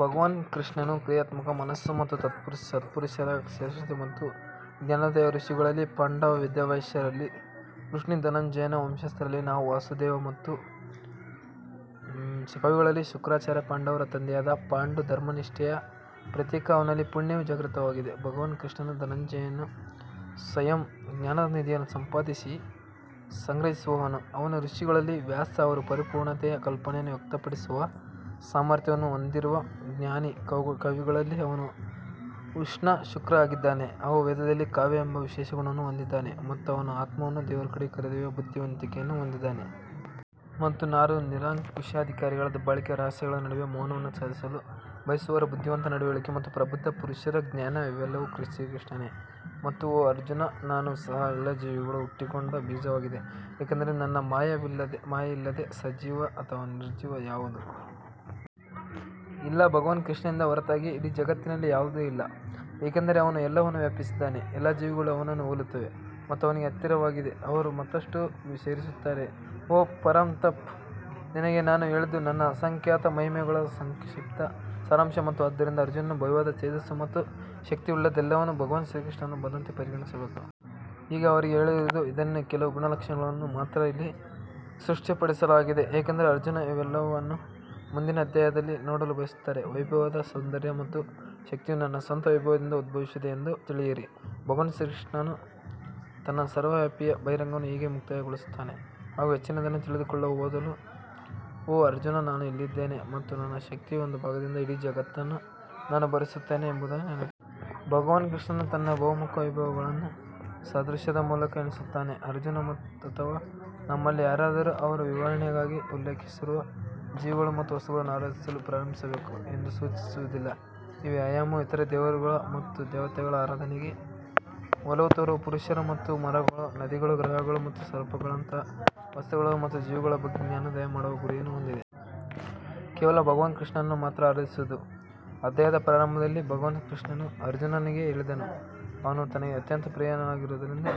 ಭಗವಾನ್ ಕೃಷ್ಣನು ಕ್ರಿಯಾತ್ಮಕ ಮನಸ್ಸು ಮತ್ತು ಸತ್ಪುರುಷರ ಶ್ರೇಷ್ಠತೆ ಮತ್ತು ಜ್ಞಾನೋದಯ ಋಷಿಗಳಲ್ಲಿ ಪಾಂಡವ ವೇದವ್ಯಾಸರಲ್ಲಿ ವೃಷ್ಣಿ ಧನಂಜಯನ ವಂಶಸ್ಥರಲ್ಲಿ ನಾನು ವಾಸುದೇವ ಮತ್ತು ಕವಿಗಳಲ್ಲಿ ಶುಕ್ರಾಚಾರ್ಯ ಪಾಂಡವರ ತಂದೆಯಾದ ಪಾಂಡು ಧರ್ಮನಿಷ್ಠೆಯ ಪ್ರತೀಕ ಅವನಲ್ಲಿ ಪುಣ್ಯವು ಜಾಗೃತವಾಗಿದೆ ಭಗವಾನ್ ಕೃಷ್ಣನು ಧನಂಜಯನು ಸ್ವಯಂ ಜ್ಞಾನದ ನಿಧಿಯನ್ನು ಸಂಪಾದಿಸಿ ಸಂಗ್ರಹಿಸುವವನು ಅವನು ಋಷಿಗಳಲ್ಲಿ ವ್ಯಾಸ ಅವರು ಪರಿಪೂರ್ಣತೆಯ ಕಲ್ಪನೆಯನ್ನು ವ್ಯಕ್ತಪಡಿಸುವ ಸಾಮರ್ಥ್ಯವನ್ನು ಹೊಂದಿರುವ ಜ್ಞಾನಿ ಕವಿಗಳಲ್ಲಿ ಅವನು ಉಷ್ಣ ಶುಕ್ರ್ ಆಗಿದ್ದಾನೆ, ಅವರು ವೇದದಲ್ಲಿ ಕಾವ್ಯ ಎಂಬ ವಿಶೇಷಣವನ್ನು ಹೊಂದಿದ್ದಾರೆ ಮತ್ತು ಆತ್ಮವನ್ನು ದೇವರ ಕಡೆಗೆ ಕರೆದೊಯ್ಯುವ ಬುದ್ಧಿವಂತಿಕೆಯನ್ನು ಹೊಂದಿದ್ದಾರೆ. ಮತ್ತು ನಾನು ನಿರಂಕುಶಾಧಿಕಾರಿಗಳ ದಬ್ಬಾಳಿಕೆ ರಹಸ್ಯಗಳ ನಡುವೆ ಮೌನವನ್ನು ಸಾಧಿಸಲು ಬಯಸುವವರ ಬುದ್ಧಿವಂತ ನಡವಳಿಕೆ ಮತ್ತು ಪ್ರಬುದ್ಧ ಪುರುಷರ ಜ್ಞಾನ ಇವೆಲ್ಲವೂ ಶ್ರೀಕೃಷ್ಣನೇ ಮತ್ತು ಓ ಅರ್ಜುನ್ ನಾನು ಸಹ ಎಲ್ಲಾ ಜೀವಿಗಳು ಹುಟ್ಟಿಕೊಂಡ ಬೀಜವಾಗಿದೆ ಏಕೆಂದರೆ ನನ್ನ ಮಾಯೆಯಿಲ್ಲದೆ ಸಜೀವ ಅಥವಾ ನಿರ್ಜೀವ ಯಾವುದೂ ಇಲ್ಲ ಭಗವಾನ್ ಕೃಷ್ಣನಿಂದ ಹೊರತಾಗಿ ಇಡೀ ಜಗತ್ತಿನಲ್ಲಿ ಯಾವುದೂ ಇಲ್ಲ ಏಕೆಂದರೆ ಅವನು ಎಲ್ಲವನ್ನೂ ವ್ಯಾಪಿಸಿದ್ದಾನೆ ಎಲ್ಲಾ ಜೀವಿಗಳು ಅವನನ್ನು ಹೋಲುತ್ತವೆ ಮತ್ತು ಅವನಿಗೆ ಹತ್ತಿರವಾಗಿವೆ ಅವರು ಮತ್ತಷ್ಟು ಸೇರಿಸುತ್ತಾರೆ ಓ ಪರಂತಪ್ ನಿನಗೆ ನಾನು ಹೇಳಿದ್ದು ನನ್ನ ಅಸಂಖ್ಯಾತ ಮಹಿಮೆಗಳ ಸಂಕ್ಷಿಪ್ತ ಸಾರಾಂಶ ಮಾತ್ರ ಆದುದರಿಂದ ಅರ್ಜುನನು ಭವ್ಯವಾದ ತೇಜಸ್ಸು ಮತ್ತು ಶಕ್ತಿಯುಳ್ಳದ್ದೆಲ್ಲವನ್ನು ಭಗವಾನ್ ಶ್ರೀಕೃಷ್ಣನಿಂದ ಬಂದಂತೆ ಪರಿಗಣಿಸಬೇಕು. ಈಗ ಅವರಿಗೆ ಹೇಳಿರುವುದು ಇದನ್ನೇ ಕೆಲವು ಗುಣಲಕ್ಷಣಗಳನ್ನು ಮಾತ್ರ ಇಲ್ಲಿ ಸ್ಪಷ್ಟಪಡಿಸಲಾಗಿದೆ ಏಕೆಂದರೆ ಅರ್ಜುನ್ ಇವೆಲ್ಲವನ್ನೂ ಮುಂದಿನ ಅಧ್ಯಾಯದಲ್ಲಿ ನೋಡಲು ಬಯಸುತ್ತಾರೆ ವೈಭವದ ಸೌಂದರ್ಯ ಮತ್ತು ಶಕ್ತಿಯು ನನ್ನ ಸ್ವಂತ ವೈಭವದಿಂದ ಉದ್ಭವಿಸಿದೆ ಎಂದು ತಿಳಿಯಿರಿ ಭಗವಾನ್ ಕೃಷ್ಣನು ತನ್ನ ಸರ್ವವ್ಯಾಪಿಯ ಬಹಿರಂಗವನ್ನು ಹೀಗೆ ಮುಕ್ತಾಯಗೊಳಿಸುತ್ತಾನೆ ಅಥವಾ ಹೆಚ್ಚಿನದನ್ನು ತಿಳಿದುಕೊಳ್ಳುವ ಬದಲು ಓ ಅರ್ಜುನ್ ನಾನು ಇಲ್ಲಿದ್ದೇನೆ ಮತ್ತು ನನ್ನ ಶಕ್ತಿಯ ಒಂದು ಭಾಗದಿಂದ ಇಡೀ ಜಗತ್ತನ್ನು ನಾನು ಭರಿಸುತ್ತೇನೆ ಎಂಬುದನ್ನು ನೆನಪಿಡಿ. ಭಗವಾನ್ ಕೃಷ್ಣನು ತನ್ನ ಬಹುಮುಖ ವೈಭವಗಳನ್ನು ಸಾದೃಶ್ಯದ ಮೂಲಕ ಎಣಿಸುತ್ತಾನೆ ಅರ್ಜುನ್ ಅಥವಾ ನಮ್ಮಲ್ಲಿ ಯಾರಾದರೂ ಅವರು ವಿವರಣೆಗಾಗಿ ಉಲ್ಲೇಖಿಸಿರುವ ಜೀವಿಗಳು ಮತ್ತು ವಸ್ತುಗಳನ್ನು ಆರಾಧಿಸಲು ಪ್ರಾರಂಭಿಸಬೇಕು ಎಂದು ಸೂಚಿಸುವುದಿಲ್ಲ ಈ ವ್ಯಾಯಾಮವು ಇತರ ದೇವರುಗಳು ಮತ್ತು ದೇವತೆಗಳ ಆರಾಧನೆಗೆ ಒಲವು ತೋರುವ ಪುರುಷರು ಮತ್ತು ಮರಗಳು ನದಿಗಳು ಗ್ರಹಗಳು ಮತ್ತು ಸರ್ಪಗಳಂತಹ ವಸ್ತುಗಳು ಮತ್ತು ಜೀವಿಗಳ ಬಗ್ಗೆ ಜ್ಞಾನೋದಯ ಮಾಡುವ ಗುರಿಯನ್ನು ಹೊಂದಿದೆ. ಕೇವಲ ಭಗವಾನ್ ಕೃಷ್ಣನನ್ನು ಮಾತ್ರ ಆರಾಧಿಸುವುದು ಅಧ್ಯಾಯದ ಪ್ರಾರಂಭದಲ್ಲಿ ಭಗವಾನ್ ಕೃಷ್ಣನು ಅರ್ಜುನನಿಗೆ ಹೇಳಿದನು, ಅವನು ತನಗೆ ಅತ್ಯಂತ ಪ್ರಿಯನಾಗಿರುವುದರಿಂದ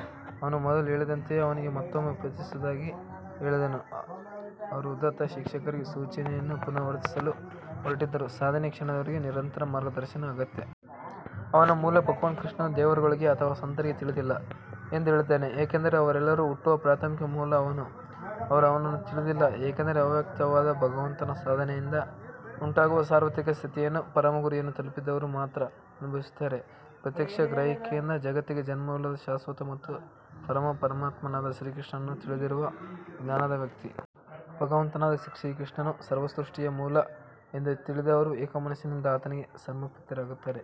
ಅವನು ಮೊದಲು ಹೇಳಿದಂತೆಯೇ ಅವನಿಗೆ ಮತ್ತೊಮ್ಮೆ ಉಪದೇಶಿಸುವುದಾಗಿ ಹೇಳಿದನು. ಅವರು ಉದಾತ್ತ ಶಿಕ್ಷಕರಿಗೆ ಸೂಚನೆಯನ್ನು ಪುನರಾವರ್ತಿಸಲು ಹೊರಟಿದ್ದರು, ಸಾಧನೆಯ ಕ್ಷಣದವರೆಗೂ ನಿರಂತರ ಮಾರ್ಗದರ್ಶನ ಅಗತ್ಯ. ಅವನ ಮೂಲ ಭಗವಾನ್ ಕೃಷ್ಣನು ದೇವರುಗಳಿಗೆ ಅಥವಾ ಸಂತರಿಗೆ ತಿಳಿದಿಲ್ಲ ಎಂದು ಹೇಳಿದ್ದಾನೆ ಏಕೆಂದರೆ ಅವರೆಲ್ಲರೂ ಹುಟ್ಟುವ ಪ್ರಾಥಮಿಕ ಮೂಲ ಅವನು. ಅವರು ಅವನನ್ನು ತಿಳಿದಿಲ್ಲ ಏಕೆಂದರೆ ಅವ್ಯಕ್ತವಾದ ಭಗವಂತನ ಸಾಧನೆಯಿಂದ ಉಂಟಾಗುವ ಸಾರ್ವತ್ರಿಕ ಸ್ಥಿತಿಯನ್ನು ಪರಮ ಗುರಿಯನ್ನು ತಲುಪಿದವರು ಮಾತ್ರ ಅನುಭವಿಸುತ್ತಾರೆ. ಪ್ರತ್ಯಕ್ಷ ಗ್ರಹಿಕೆಯಿಂದ ಜಗತ್ತಿಗೆ ಜನ್ಮವಿಲ್ಲದ ಶಾಶ್ವತ ಮತ್ತು ಪರಮ ಪರಮಾತ್ಮನಾದ ಶ್ರೀಕೃಷ್ಣನನ್ನು ತಿಳಿದಿರುವ ಜ್ಞಾನದ ವ್ಯಕ್ತಿ. ಭಗವಂತನಾದ ಶ್ರೀಕೃಷ್ಣನು ಸರ್ವಸೃಷ್ಟಿಯ ಮೂಲ ಎಂದು ತಿಳಿದವರು ಏಕಮನಸ್ಸಿನಿಂದ ಆತನಿಗೆ ಸಮರ್ಪಿತರಾಗುತ್ತಾರೆ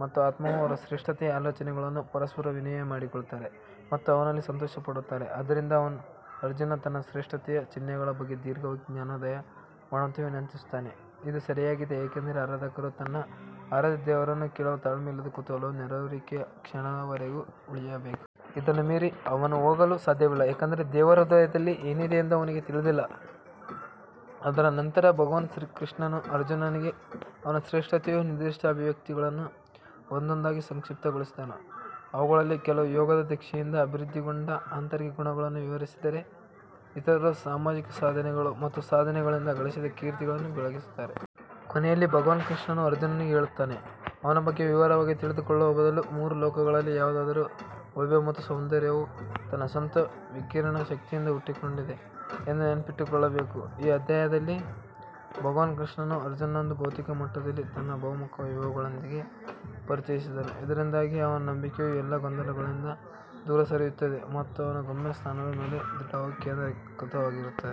ಮತ್ತು ಆತ್ಮವು ಅವರ ಶ್ರೇಷ್ಠತೆಯ ಆಲೋಚನೆಗಳನ್ನು ಪರಸ್ಪರ ವಿನಿಮಯ ಮಾಡಿಕೊಳ್ಳುತ್ತಾರೆ ಮತ್ತು ಅವನಲ್ಲಿ ಸಂತೋಷಪಡುತ್ತಾರೆ. ಆದ್ದರಿಂದ ಅರ್ಜುನ್ ತನ್ನ ಶ್ರೇಷ್ಠತೆಯ ಚಿಹ್ನೆಗಳ ಬಗ್ಗೆ ದೀರ್ಘವಾಗಿ ಜ್ಞಾನೋದಯ ಮಾಡುವಂತೆ ವಿನಂತಿಸುತ್ತಾನೆ ಇದು ಸರಿಯಾಗಿದೆ ಏಕೆಂದರೆ ಆರಾಧಕರು ತನ್ನ ಆರಾಧ್ಯ ದೇವರನ್ನು ಕೇಳುವ ತಾಳ್ಮೆಯಿಲ್ಲದ ಕುತೂಹಲವು ನೆರವೇರಿಕೆಯ ಕ್ಷಣದವರೆಗೂ ಉಳಿಯಬೇಕು. ಇದನ್ನು ಮೀರಿ ಅವನು ಹೋಗಲು ಸಾಧ್ಯವಿಲ್ಲ ಏಕೆಂದರೆ ದೇವರ ಹೃದಯದಲ್ಲಿ ಏನಿದೆ ಎಂದು ಅವನಿಗೆ ತಿಳಿದಿಲ್ಲ ಅದರ ನಂತರ ಭಗವಾನ್ ಕೃಷ್ಣನು ಅರ್ಜುನನಿಗೆ ಅವನ ಶ್ರೇಷ್ಠತೆಯ ನಿರ್ದಿಷ್ಟ ಅಭಿವ್ಯಕ್ತಿಗಳನ್ನು ಒಂದೊಂದಾಗಿ ಸಂಕ್ಷಿಪ್ತಗೊಳಿಸಿದನು ಅವುಗಳಲ್ಲಿ ಕೆಲವು ಯೋಗದ ದೀಕ್ಷೆಯಿಂದ ಅಭಿವೃದ್ಧಿಗೊಂಡ ಆಂತರಿಕ ಗುಣಗಳನ್ನು ವಿವರಿಸಿದರೆ ಇತರರು ಸಾಮಾಜಿಕ ಸಾಧನೆಗಳು ಮತ್ತು ಸಾಧನೆಗಳಿಂದ ಗಳಿಸಿದ ಕೀರ್ತಿಗಳನ್ನು ಬೆಳಗಿಸುತ್ತಾರೆ. ಕೊನೆಯಲ್ಲಿ, ಭಗವಾನ್ ಕೃಷ್ಣನು ಅರ್ಜುನನಿಗೆ ಹೇಳುತ್ತಾನೆ, ಅವನ ಬಗ್ಗೆ ವಿವರವಾಗಿ ತಿಳಿದುಕೊಳ್ಳುವ ಬದಲು, ಮೂರು ಲೋಕಗಳಲ್ಲಿ ಯಾವುದಾದರೂ ವೈಭವ ಮತ್ತು ಸೌಂದರ್ಯವು ತನ್ನ ಸ್ವಂತ ವಿಕಿರಣ ಶಕ್ತಿಯಿಂದ ಹುಟ್ಟಿಕೊಂಡಿದೆ ಎಂದು ನೆನಪಿಟ್ಟುಕೊಳ್ಳಬೇಕು. ಈ ಅಧ್ಯಾಯದಲ್ಲಿ ಭಗವಾನ್ ಕೃಷ್ಣನು ಅರ್ಜುನನನ್ನು ಬೌದ್ಧಿಕ ಮಟ್ಟದಲ್ಲಿ ತನ್ನ ಬಹುಮುಖ ವೈಭವಗಳೊಂದಿಗೆ ಪರಿಚಯಿಸಿದನು ಇದರಿಂದಾಗಿ ಅವನ ನಂಬಿಕೆಯು ಎಲ್ಲಾ ಗೊಂದಲಗಳಿಂದ ದೂರ ಸರಿಯುತ್ತದೆ ಮತ್ತು ಅವನ ಗಮ್ಯಸ್ಥಾನದ ಮೇಲೆ ದೃಢವಾಗಿ ಕೇಂದ್ರೀಕೃತವಾಗಿರುತ್ತದೆ.